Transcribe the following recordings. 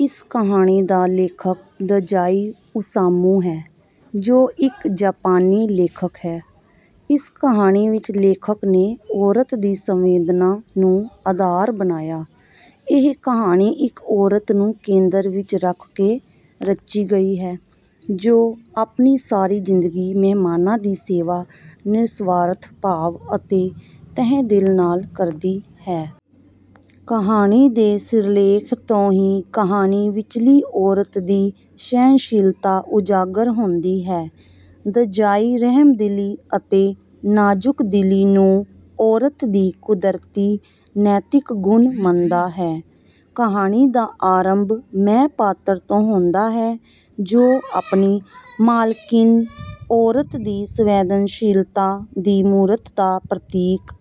ਇਸ ਕਹਾਣੀ ਦਾ ਲੇਖਕ ਦਜ਼ਾਈ ਓਸਾਮੂ ਹੈ ਜੋ ਇੱਕ ਜਪਾਨੀ ਲੇਖਕ ਹੈ। ਇਸ ਕਹਾਣੀ ਵਿੱਚ ਲੇਖਕ ਨੇ ਔਰਤ ਦੀ ਸੰਵੇਦਨਾ ਨੂੰ ਆਧਾਰ ਬਣਾਇਆ। ਇਹ ਕਹਾਣੀ ਇੱਕ ਔਰਤ ਨੂੰ ਕੇਂਦਰ ਵਿੱਚ ਰੱਖ ਕੇ ਰਚੀ ਗਈ ਹੈ ਜੋ ਆਪਣੀ ਸਾਰੀ ਜ਼ਿੰਦਗੀ ਮਹਿਮਾਨਾਂ ਦੀ ਸੇਵਾ ਨਿਰਸਵਾਰਥ ਭਾਵ ਅਤੇ ਤਹਿ ਦਿਲ ਨਾਲ ਕਰਦੀ ਹੈ। ਕਹਾਣੀ ਦੇ ਸਿਰਲੇਖ ਤੋਂ ਹੀ ਕਹਾਣੀ ਵਿਚਲੀ ਔਰਤ ਦੀ ਸਹਿਨਸ਼ੀਲਤਾ ਉਜਾਗਰ ਹੁੰਦੀ ਹੈ। ਦਜ਼ਾਈ ਰਹਿਮਦਿਲੀ ਅਤੇ ਨਾਜ਼ੁਕ ਦਿਲੀ ਨੂੰ ਔਰਤ ਦੀ ਕੁਦਰਤੀ ਨੈਤਿਕ ਗੁਣ ਮੰਨਦਾ ਹੈ। ਕਹਾਣੀ ਦਾ ਆਰੰਭ ਮੈਂ ਪਾਤਰ ਤੋਂ ਹੁੰਦਾ ਹੈ ਜੋ ਆਪਣੀ ਮਾਲਕਿਨ, ਔਰਤ ਦੀ ਸੰਵੇਦਨਸ਼ੀਲਤਾ ਦੀ ਮੂਰਤ ਦਾ ਪ੍ਰਤੀਕ,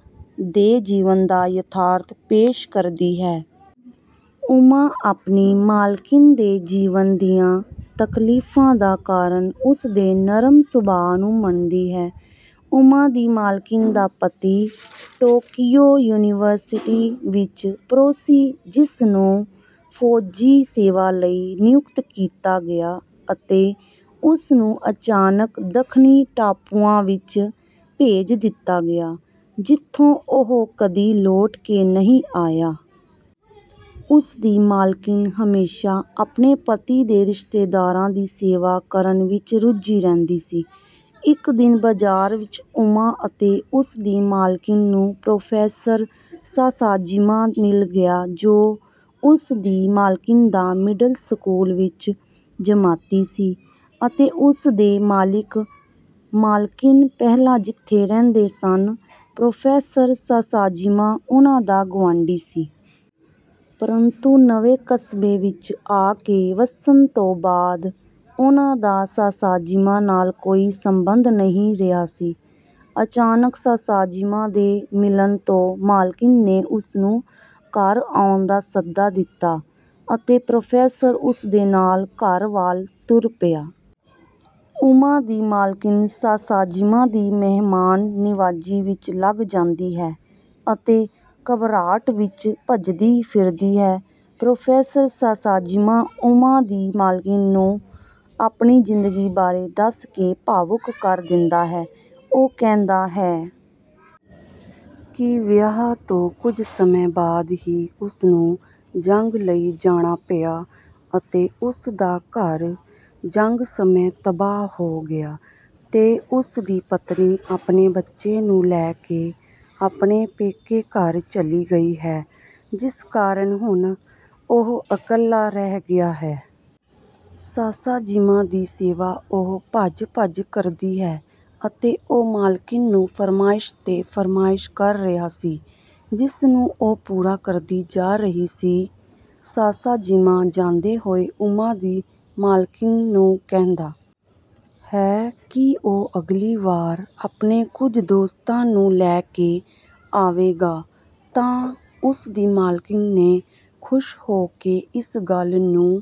ਦੇ ਜੀਵਨ ਦਾ ਯਥਾਰਥ ਪੇਸ਼ ਕਰਦੀ ਹੈ। ਉਮਾ ਆਪਣੀ ਮਾਲਕਿਨ ਦੇ ਜੀਵਨ ਦੀਆਂ ਤਕਲੀਫਾਂ ਦਾ ਕਾਰਨ ਉਸ ਦੇ ਨਰਮ ਸੁਭਾਅ ਨੂੰ ਮੰਨਦੀ ਹੈ। ਉਮਾ ਦੀ ਮਾਲਕਿਨ ਦਾ ਪਤੀ ਟੋਕੀਯੋ ਯੂਨੀਵਰਸਿਟੀ ਵਿੱਚ ਪ੍ਰੋਸੀ ਜਿਸ ਨੂੰ ਫੌਜੀ-ਸੇਵਾ ਲਈ ਨਿਯੁਕਤ ਕੀਤਾ ਗਿਆ ਅਤੇ ਉਸਨੂੰ ਅਚਾਨਕ ਦੱਖਣੀ ਟਾਪੂਆਂ ਵਿੱਚ ਭੇਜ ਦਿੱਤਾ ਗਿਆ ਜਿਥੋਂ ਉਹ ਕਦੀ ਲੋਟ ਕੇ ਨਹੀਂ ਆਇਆ। ਉਸ ਦੀ ਮਾਲਕਿਨ ਹਮੇਸ਼ਾ ਆਪਣੇ ਪਤੀ ਦੇ ਰਿਸ਼ਤੇਦਾਰਾਂ ਦੀ ਸੇਵਾ ਕਰਨ ਵਿੱਚ ਰੁੱਝੀ ਰਹਿੰਦੀ ਸੀ। ਇੱਕ ਦਿਨ ਬਜ਼ਾਰ ਵਿੱਚ ਉਮਾ ਅਤੇ ਉਸ ਦੀ ਮਾਲਕਿਨ ਨੂੰ ਪ੍ਰੋਫੈਸਰ ਸਾਸਾਜੀਮਾ ਮਿਲ ਗਿਆ ਜੋ ਉਸ ਦੀ ਮਾਲਕਿਨ ਦਾ ਮਿਡਲ ਸਕੂਲ ਵਿੱਚ ਜਮਾਤੀ ਸੀ ਅਤੇ ਉਸ ਦੇ ਮਾਲਿਕ ਮਾਲਕਿਨ ਪਹਿਲਾਂ ਜਿਥੇ ਰਹਿੰਦੇ ਸਨ ਪ੍ਰੋਫੈਸਰ ਸਾਸਾਜੀਮਾ ਉਹਨਾਂ ਦਾ ਗੁਆਂਡੀ ਸੀ। ਪਰੰਤੂ ਨਵੇਂ ਕਸਬੇ ਵਿੱਚ ਆ ਕੇ ਵਸਣ ਤੋਂ ਬਾਅਦ ਉਹਨਾਂ ਦਾ ਸਾਸਾਜੀਮਾ ਨਾਲ ਕੋਈ ਸੰਬਧ ਨਹੀਂ ਰਿਹਾ ਸੀ। ਅਚਾਨਕ ਸਾਸਾਜੀਮਾ ਦੇ ਮਿਲਣ ਤੋਂ ਮਾਲਕਿਨ ਨੇ ਉਸਨੂੰ ਘਰ ਆਉਣ ਦਾ ਸੱਦਾ ਦਿੱਤਾ ਅਤੇ ਪ੍ਰੋਫੈਸਰ ਉਸ ਦੇ ਨਾਲ ਘਰ ਵਾਲ ਤੁਰ ਪਿਆ। ਉਮਾ ਦੀ ਮਾਲਕਿਨ ਸਾਸਾਜੀਮਾ ਦੀ ਮਹਿਮਾਨ ਨਿਵਾਜ਼ੀ ਵਿੱਚ ਲੱਗ ਜਾਂਦੀ ਹੈ ਅਤੇ ਘਬਰਾਹਟ ਵਿੱਚ ਭੱਜਦੀ ਫਿਰਦੀ ਹੈ। ਪ੍ਰੋਫੈਸਰ ਸਾਸਾਜਿਮਾ, ਉਮਾ ਦੀ ਮਾਲਕਿਨ ਨੂੰ ਆਪਣੀ ਜ਼ਿੰਦਗੀ ਬਾਰੇ ਦੱਸ ਕੇ ਭਾਵੁਕ ਕਰ ਦਿੰਦਾ ਹੈ। ਉਹ ਕਹਿੰਦਾ ਹੈ ਕਿ ਵਿਆਹ ਤੋਂ ਕੁੱਝ ਸਮੇਂ ਬਾਅਦ ਹੀ ਉਸਨੂੰ ਜੰਗ ਲਈ ਜਾਣਾ ਪਿਆ ਅਤੇ ਉਸ ਦਾ ਘਰ ਜੰਗ ਸਮੇਂ ਤਬਾਹ ਹੋ ਗਿਆ ਤੇ ਉਸ ਦੀ ਪਤਨੀ ਆਪਣੇ ਬੱਚੇ ਨੂੰ ਲੈ ਕੇ ਆਪਣੇ ਪੇਕੇ ਘਰ ਚਲੀ ਗਈ ਹੈ ਜਿਸ ਕਾਰਨ ਹੁਣ ਓਹ ਇਕੱਲਾ ਰਹਿ ਗਿਆ ਹੈ। ਸਾਸਾਜੀਮਾ ਦੀ ਸੇਵਾ ਉਹ ਭੱਜ-ਭੱਜ ਕਰਦੀ ਹੈ ਅਤੇ ਉਹ ਮਾਲਕਿਨ ਨੂੰ ਫਰਮਾਇਸ਼ ਤੇ ਫਰਮਾਇਸ਼ ਕਰ ਰਿਹਾ ਸੀ ਜਿਸ ਨੂੰ ਉਹ ਪੂਰਾ ਕਰਦੀ ਜਾ ਰਹੀ ਸੀ। ਸਾਸਾਜੀਮਾ ਜਾਂਦੇ ਹੋਏ ਉਮਾ ਦੀ ਮਾਲਕਿਨ ਨੂੰ ਕਹਿੰਦਾ ਹੈ ਕਿ ਉਹ ਅਗਲੀ ਵਾਰ ਆਪਣੇ ਕੁੱਝ ਦੋਸਤਾਂ ਨੂੰ ਲੈ ਕੇ ਆਵੇਗਾ ਤਾਂ ਉਸ ਦੀ ਮਾਲਕਿਨ ਨੇ ਖੁਸ਼ ਹੋ ਕੇ ਇਸ ਗੱਲ ਨੂੰ